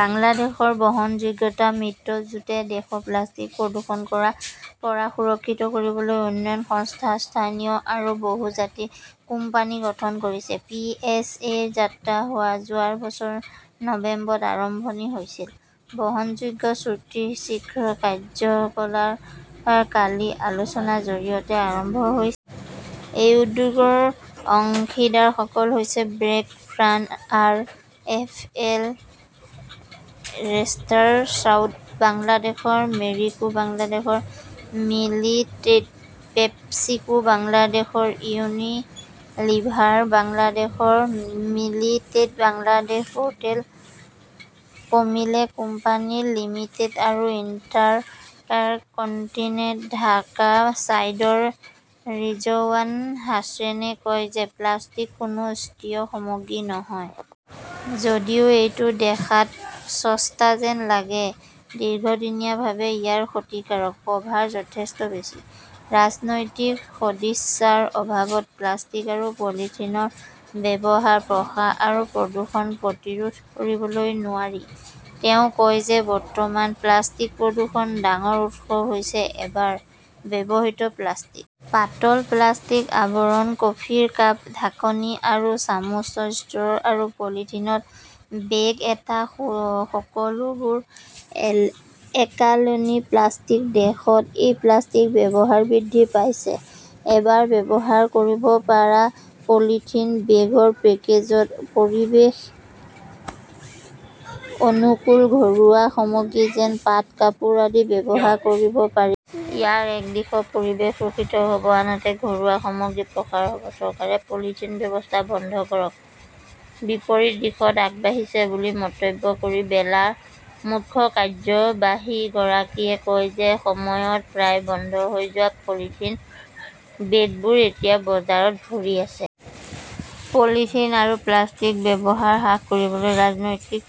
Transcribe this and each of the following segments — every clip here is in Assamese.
বাংলাদেশ বহনযোগ্যতা মিত্ৰজোঁটে দেশক প্লাষ্টিক প্ৰদূষণৰ পৰা সুৰক্ষিত কৰিবলৈ উন্নয়ন সংস্থা, স্থানীয় আৰু বহুজাতিক কোম্পানী গঠন কৰিছিল। পি. এছ. এ. -ৰ যাত্ৰা যোৱা বছৰৰ নৱেম্বৰত আৰম্ভ হৈছিল। বহনযোগ্যতা চুটি শীৰ্ষক কাৰ্যকলাপ কালি আলোচনাৰ জৰিয়তে আৰম্ভ হৈছিল। এই উদ্যোগৰ অংশীদাৰসকল হৈছে brake, PRAN R. F L Standard Chartered Bangladesh Marico Bangladesh Limited, PepsiCo Bangladesh, Unilever Bangladesh limited, Bangladesh পেট্ৰ কেমিকেল কোম্পানী লিমিটেড আৰু ইণ্টাৰকণ্টিনেণ্টেল ঢাকা। চাইদা ৰিজৱানা হাছানে কয় যে প্লাষ্টিক কোনো সস্তীয়া সামগ্ৰী নহয়। যদিও এইটো দেখাত সস্তা যেন লাগে, দীৰ্ঘম্যাদীভাৱে ইয়াৰ ক্ষতিকাৰক প্ৰভাৱ যথেষ্ট বেছি। ৰাজনৈতিক সদিচ্ছাৰ অভাৱত প্লাষ্টিক আৰু পলিথিনৰ ব্যৱহাৰৰ প্ৰসাৰ আৰু প্ৰদূষণ প্ৰতিৰোধ কৰিব নোৱাৰি। তেওঁ কয় যে বৰ্তমান প্লাষ্টিক প্ৰদূষণৰ ডাঙৰ উৎস হৈছে এবাৰ ব্যৱহৃত প্লাষ্টিক। পাতল প্লাষ্টিকৰ আৱৰণ, কফিৰ কাপ, ঢাকনি আৰু চামুচ, ষ্ট্ৰ আৰু পলিথিন বেগ-এই সকলোবোৰ এককালীন প্লাষ্টিক। দেশত এই প্লাষ্টিকৰ ব্যৱহাৰ বৃদ্ধি পাইছে। এবাৰ ব্যৱহাৰ কৰিব পৰা পলিথিন বেগৰ পৰিৱৰ্তে বজাৰ আৰু সামগ্ৰীৰ পেকেজিঙত পৰিৱেশ-অনুকূল ঘৰুৱা সামগ্ৰী যেনে পাট, কাপোৰ আদি ব্যৱহাৰ কৰিব পাৰি। ইয়াৰ এক দিশত পৰিৱেশ সুৰক্ষিত হ’ব আনহাতে ঘৰুৱা সামগ্ৰীৰ প্ৰসাৰ হ’ব। চৰকাৰে পলিথিনৰ ব্যৱহাৰ বন্ধ কৰাৰ বিপৰীত দিশত আগবাঢ়িছে বুলি মন্তব্য কৰি বেলাৰ মুখ্য কাৰ্যবাহীগৰাকীয়ে কয় যে এসময়ত প্ৰায় বন্ধ হৈ যোৱা পলিথিন বেগবোৰ এতিয়া বজাৰত ভৰি আছে। পলিথিন আৰু প্লাষ্টিকৰ ব্যৱহাৰ হ্ৰাস কৰিবলৈ ৰাজনৈতিক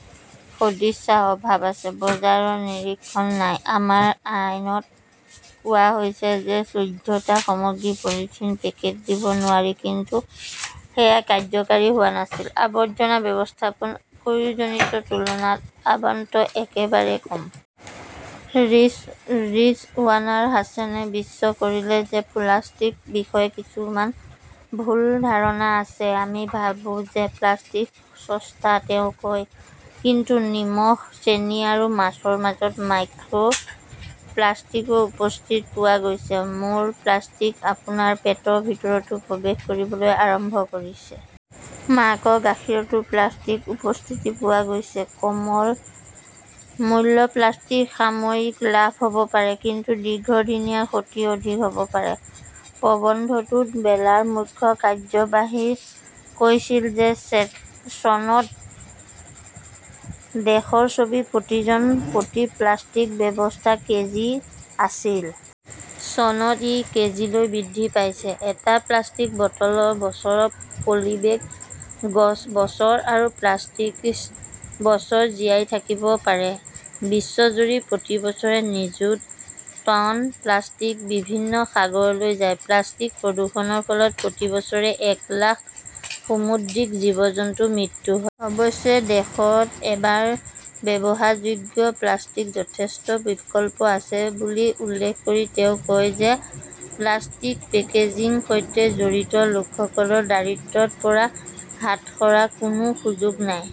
সদিচ্ছাৰ অভাৱ আছে। বজাৰৰ নিৰীক্ষণও নাই। আমাৰ আইনত কোৱা হৈছে যে চৈধ্যটা সামগ্ৰীত পলিথিনৰ পেকেট দিব নোৱাৰি। কিন্তু সেয়া কাৰ্যকৰী হোৱা নাছিল। আৱৰ্জনা ব্যৱস্থাপনাত প্ৰয়োজনীয়তাৰ তুলনাত আবণ্টন একেবাৰে কম। ৰিজৱানা হাছানে বিশ্বাস কৰে যে প্লাষ্টিকৰ বিষয়ে কিছুমান ভুল ধাৰণা আছে। আমি ভাবো যে প্লাষ্টিক সস্তা তেওঁ কয়। কিন্তু নিমখ, চেনি আৰু মাছৰ মাজত মাইক্ৰ প্লাষ্টিকৰ উপস্থিতি পোৱা গৈছে। মোৰ-প্লাষ্টিক আপোনাৰ পেটৰ ভিতৰতো প্ৰৱেশ কৰিবলৈ আৰম্ভ কৰিছে। মাকৰ গাখীৰতো প্লাষ্টিকৰ উপস্থিতি পোৱা গৈছে। কম মূল্যৰ প্লাষ্টিকৰ সাময়িক লাভ হ’ব পাৰে, কিন্তু দীৰ্ঘম্যাদী ক্ষতি অধিক হ’ব পাৰে। প্ৰবন্ধটোত বেলাৰ মুখ্য কাৰ্যবাহীই কৈছিল যে চনত দেশত বছৰি প্ৰতি জন প্ৰতি প্লাষ্টিকৰ ব্যৱহাৰ কেজি আছিল। চনত ই কেজিলৈ বৃদ্ধি পাইছে। এটা প্লাষ্টিকৰ বটল বছৰ, পলিবেগ বছৰ আৰু প্লাষ্টিকৰ ষ্ট্ৰ বছৰ জীয়াই থাকিব পাৰে। বিশ্বজুৰি প্ৰতি বছৰে নিযুত টন প্লাষ্টিক বিভিন্ন সাগৰলৈ যায়। প্লাষ্টিকৰ প্ৰদূষণৰ ফলত প্ৰতি বছৰে এক লাখ সামুদ্ৰিক জীৱ-জন্তুৰ মৃত্যু হয়। অৱশ্যে, দেশত এবাৰ ব্যৱহাৰযোগ্য প্লাষ্টিকৰ যথেষ্ট বিকল্প আছে বুলি উল্লেখ কৰি তেওঁ কয় যে প্লাষ্টিক পেকেজিংৰ সৈতে জড়িত লোকসকলৰ দায়িত্বৰ পৰা হাত সাৰাৰ কোনো সুযোগ নাই।